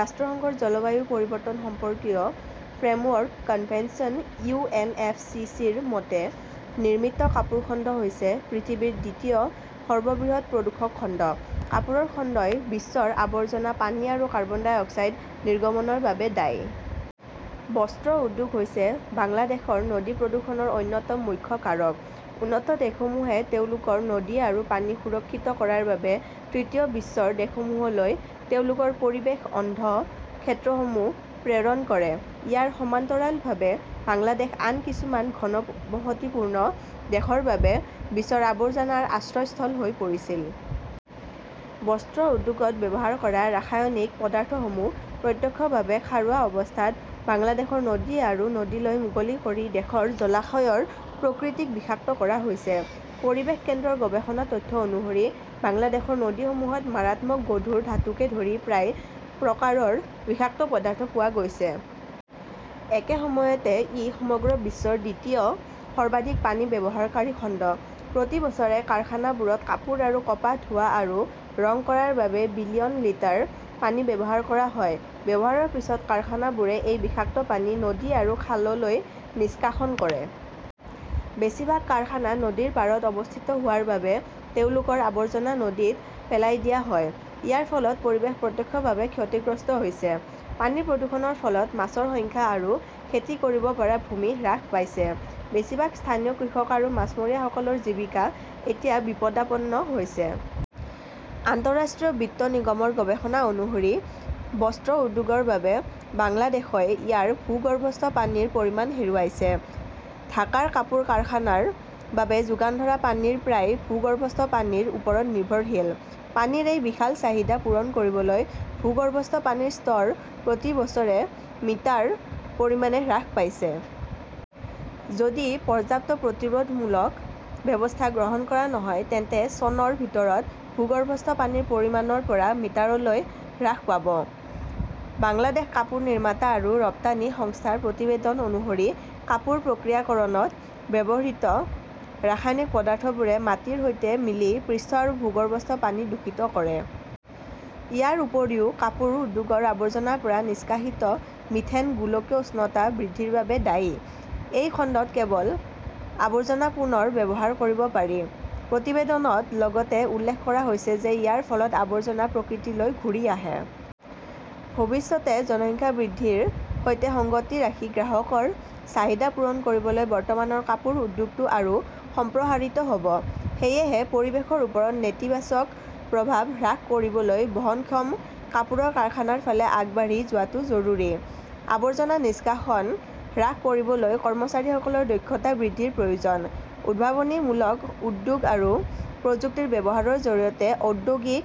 ৰাষ্ট্ৰসংঘৰ জলবায়ু পৰিৱৰ্তন সম্পৰ্কীয় framework convention U. N. F. C. C. -ৰ মতে, নিৰ্মিত কাপোৰ খণ্ড হৈছে পৃথিৱীৰ দ্বিতীয় সৰ্ববৃহৎ প্ৰদূষক খণ্ড। কাপোৰৰ খণ্ডই বিশ্বৰ আৱৰ্জনা পানী আৰু কাৰ্বন ডাই অক্সাইড নিৰ্গমনৰ বাবে দায়ী। বস্ত্ৰ উদ্যোগ হৈছে বাংলাদেশৰ নদী প্ৰদূষণৰ অন্যতম মুখ্য কাৰক। উন্নত দেশসমূহে তেওঁলোকৰ নদী আৰু পানী সুৰক্ষিত কৰাৰ বাবে তৃতীয় বিশ্বৰ দেশসমূহলৈ তেওঁলোকৰ পৰিৱেশ অন্ধ ক্ষেত্ৰসমূহ প্ৰেৰণ কৰে। ইয়াৰ সমান্তৰালভাৱে বাংলাদেশ আন কিছুমান ঘনবসতিপূৰ্ণ দেশৰ দৰে বিশ্বৰ আৱৰ্জনাৰ আশ্ৰয়স্থল হৈ পৰিছিল। বস্ত্ৰ উদ্যোগত ব্যৱহাৰ কৰা ৰাসায়নিক পদাৰ্থসমূহ প্ৰত্যক্ষভাৱে খাৰুৱা অৱস্থাত বাংলাদেশৰ নদী আৰু নদীলৈ মুকলি কৰি দেশৰ জলাশয়ৰ প্ৰকৃতিক বিষাক্ত কৰা হৈছে। পৰিৱেশ কেন্দ্ৰৰ গৱেষণা তথ্য অনুসৰি, বাংলাদেশৰ নদীসমূহত মাৰাত্মক গধুৰ ধাতুকে ধৰি প্ৰায় প্ৰকাৰৰ বিষাক্ত পদাৰ্থ পোৱা গৈছে। একে সময়তে ই সমগ্ৰ বিশ্বৰ দ্বিতীয় সৰ্বাধিক পানী ব্যৱহাৰকাৰী খণ্ড। প্ৰতি বছৰে কাৰখানাবোৰত কাপোৰ আৰু কপাহ ধোৱা আৰু ৰং কৰাৰ বাবে বিলিয়ন লিটাৰ পানী ব্যৱহাৰ কৰা হয়। ব্যৱহাৰৰ পিছত কাৰখানাবোৰে এই বিষাক্ত পানী নদী আৰু খাললৈ নিষ্কাশন কৰে। বেছিভাগ কাৰখানা নদীৰ পাৰত অৱস্থিত হোৱাৰ বাবে তেওঁলোকৰ আৱৰ্জনা নদীত পেলাই দিয়া হয়। ইয়াৰ ফলত পৰিৱেশ প্ৰত্যক্ষভাৱে ক্ষতিগ্ৰস্ত হৈছে। পানীৰ প্ৰদূষণৰ ফলত মাছৰ সংখ্যা আৰু খেতি কৰিব পৰা ভূমি হ্ৰাস পাইছে। বেছিভাগ স্থানীয় কৃষক আৰু মাছমৰীয়াসকলৰ জীৱিকা এতিয়া বিপদাপন্ন হৈছে। আন্তঃৰাষ্ট্ৰীয় বিত্ত নিগমৰ গৱেষণা অনুসৰি, বস্ত্ৰ উদ্যোগৰ বাবে বাংলাদেশই ইয়াৰ ভূগৰ্ভস্থ পানীৰ পৰিমাণ হেৰুৱাইছে। ঢাকাৰ কাপোৰ কাৰখানাৰ বাবে যোগান ধৰা পানীৰ প্ৰায় ভূগৰ্ভস্থ পানীৰ ওপৰত নিৰ্ভৰশীল। পানীৰ এই বিশাল চাহিদা পূৰণ কৰিবলৈ, ভূগৰ্ভস্থ পানীৰ স্তৰ প্ৰতি বছৰে মিটাৰ পৰিমাণে হ্ৰাস পাইছে। যদি পৰ্যাপ্ত প্ৰতিৰোধমূলক ব্যৱস্থা গ্ৰহণ কৰা নহয়, তেন্তে চনৰ ভিতৰত ভূগৰ্ভস্থ পানীৰ পৰিমাণ ৰ পৰা মিটাৰলৈ হ্ৰাস পাব। বাংলাদেশ কাপোৰ নিৰ্মাতা আৰু ৰপ্তানি সংস্থাৰ প্ৰতিবেদন অনুসৰি কাপোৰ প্ৰক্ৰিয়াকৰণত ব্যৱহৃত ৰাসায়নিক পদাৰ্থবোৰে মাটিৰ সৈতে মিলি পৃষ্ঠ আৰু ভূগৰ্ভস্থ পানী দূষিত কৰে। ইয়াৰ উপৰিও কাপোৰ উদ্যোগৰ আৱৰ্জনাৰ পৰা নিষ্কাশিত মিথেন গোলকীয় উষ্ণতা বৃদ্ধিৰ বাবে দায়ী। এই খণ্ডত কেৱল আৱৰ্জনা পুনৰ ব্যৱহাৰ কৰিব পাৰি। প্ৰতিবেদনত লগতে উল্লেখ কৰা হৈছে যে ইয়াৰ ফলত আৱৰ্জনা প্ৰকৃতিলৈ ঘূৰি আহে। ভৱিষ্যতে জনসংখ্যা বৃদ্ধিৰ সৈতে সংগতি ৰাখি গ্ৰাহকৰ চাহিদা পূৰণ কৰিবলৈ বৰ্তমানৰ কাপোৰ উদ্যোগটো আৰু সম্প্ৰসাৰিত হ 'ব। সেয়েহে পৰিৱেশৰ ওপৰত নেতিবাচক প্ৰভাৱ হ্ৰাস কৰিবলৈ বহনক্ষম কাপোৰৰ কাৰখানাৰ ফালে আগবাঢ়ি যোৱাটো জৰুৰী। আৱৰ্জনা নিষ্কাশন হ্ৰাস কৰিবলৈ কৰ্মচাৰীসকলৰ দক্ষতা বৃদ্ধিৰ প্ৰয়োজন। উদ্ভাৱনীমূলক উদ্যোগ আৰু প্ৰযুক্তিৰ ব্যৱহাৰৰ জৰিয়তে ঔদ্যোগিক